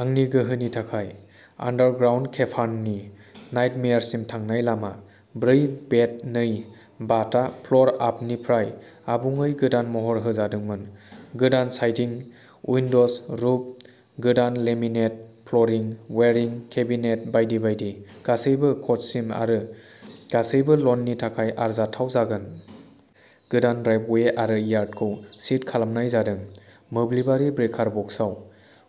आंनि गोहोनि थाखाय। आन्डारग्राउन्ड केभार्ननि नाइटमेयारसिम थांनाय लामा। ब्रै बेड नै बाथआ फ्लर आपनिफ्राय आबुङै गोदान महर होजादोंमोन। गोदान साइदिं, उइन्ड'ज, रुफ, गोदान लेमिनेट फ्लरिं, वायारिं, केबिनेट बायदि बायदि। गासैबो क'डसिम आरो गासैबो ल'ननि थाखाय आरजाथाव जागोन। गोदान ड्राइभ वे आरो यार्डखौ सीद खालामनाय जादों। मोब्लिबारि ब्रेकार बक्सआव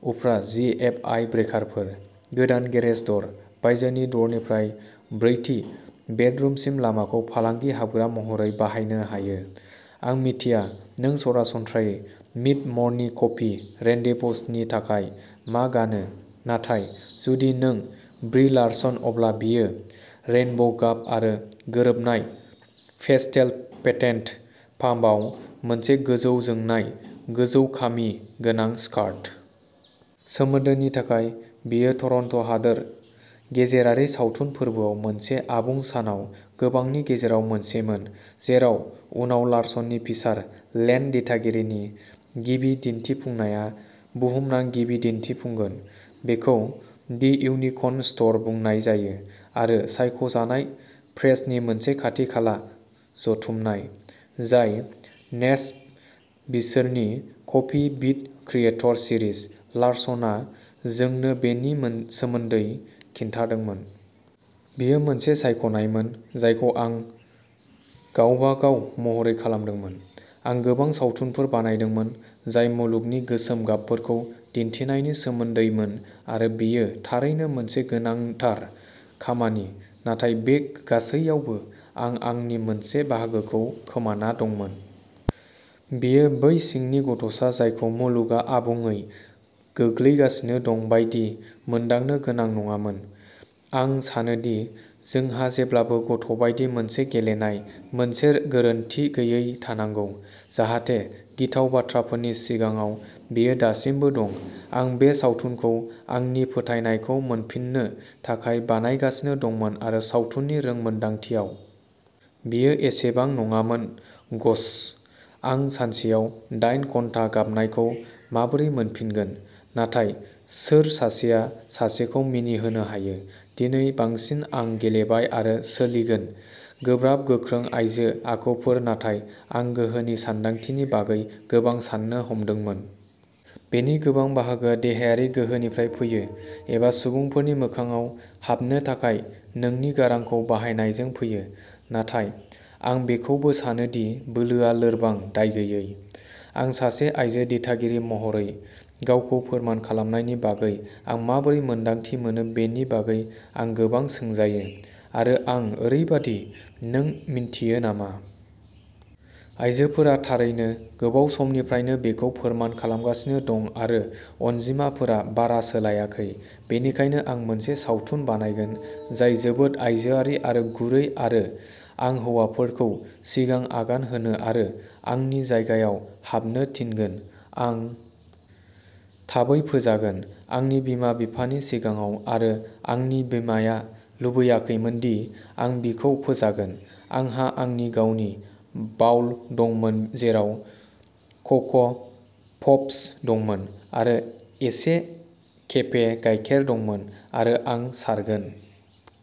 उफ्रा जि एप आइ ब्रेकारफोर। गोदान गेरेज द'र। बायजोनि द'रनिफ्राय ब्रैथि बेडरुमसिम लामाखौ फालांगि हाबग्रा महरै बाहायनो हायो। आं मिथिया नों सरासनस्रायै मिड-मर्निं कफि रेन्डेभुसनि थाखाय मा गानो, नाथाय जुदि नों ब्रि लार्सन, अब्ला बेयो रेइनब'गाब आरो गोरोबनाय पेस्टेल पेटेन्ट पाम्पआव मोनसे गोजौ-जोंनाय, गोजौ-खामि गोनां स्कार्ट। सोमोन्दोनि थाखाय, बेयो टरन्ट'हादोर गेजेरारि सावथुन फोरबोआव मोनसे आबुं सानाव गोबांनि गेजेराव मोनसेमोन, जेराव उनाव लार्सननि फिसार लेंथ दिथागिरिनि गिबि दिन्थिफुंनाया बुहुमनां गिबि दिन्थिफुंगोन। बेखौ दि इउनिकर्न स्ट'र बुंनाय जायो आरो सायख'जानाय प्रेसनि मोनसे खाथि-खाला जथुमनाय, जाय नेस्प बिसोरनि कफि विद क्रिएटर सिरिज, लारसन आ जोंनो बेनि सोमोन्दै खिन्थादोंमोन। "बेयो मोनसे सायख'नायमोन जायखौ आं गावबागाव महरै खालामदोंमोन। आं गोबां सावथुनफोर बानायदोंमोन जाय मुलुगनि गोसोम गाबफोरखौ दिन्थिनायनि सोमोन्दैमोन आरो बेयो थारैनो मोनसे गोनांथार खामानि, नाथाय बे गासैयावबो आं आंनि मोनसे बाहागोखौ खोमाना दंमोन। बेयो बै सिंनि गथ'सा जायखौ मुलुगआ आबुङै गोग्लैगासिनो दं बायदि मोनदांनो गोनां नङामोन। आं सानोदि जोंहा जेब्लाबो गथ'बायदि मोनसे गेलेनाय, मोनसे गोरोनथि गैयै थानांगौ, जाहाथे गिथाव बाथ्राफोरनि सिगाङाव, बेयो दासिमबो दं। आं बे सावथुनखौ आंनि फोथायनायखौ मोनफिननो थाखाय बानायगासिनो दंमोन आरो सावथुननि रोंमोनदांथियाव। बेयो एसेबां नङामोन गश, आं सानसेयाव दाइन घन्टा गाबनायखौ माबोरै मोनफिनगोन? नाथाय सोर सासेया सासेखौ मिनिहोनो हायो? दिनै बांसिन आं गेलेबाय आरो सोलिगोन, गोब्राब, गोख्रों आइजो आखुफोर नाथाय आं गोहोनि सानदांथिनि बागै गोबां साननो हमदोंमोन। बेनि गोबां बाहागोआ देहायारि गोहोनिफ्राय फैयो एबा सुबुंफोरनि मोखांआव हाबनो थाखाय नोंनि गारांखौ बाहायनायजों फैयो, नाथाय आं बेखौबो सानो दि बोलोआ लोरबां, दायगैयै। आं सासे आइजो दिथागिरि महरै गावखौ फोरमान खालामनायनि बागै आं माबोरै मोन्दांथि मोनो बेनि बागै आं गोबां सोंजायो, आरो आं ओरैबादि, नों मिन्थियो नामा? आइजोफोरा थारैनो गोबाव समनिफ्रायनो बेखौ फोरमान खालामगासिनो दं आरो अनजिमाफोरा बारा सोलायाखै। बेनिखायनो आं मोनसे सावथुन बानायगोन जाय जोबोद आइजोआरि आरो गुरै आरो आं हौवाफोरखौ सिगां आगान होनो आरो आंनि जायगायाव हाबनो थिनगोन। आं थाबै फोजागोन, आंनि बिमा-बिफानि सिगाङाव आरो आंनि बिमाया लुबैयाखैमोनदि आं बिखौ फोजागोन। आंहा आंनि गावनि बाउल दंमोन जेराव क'क' पप्स दंमोन, आरो एसे केफे गायखेर दंमोन आरो आं सारगोन।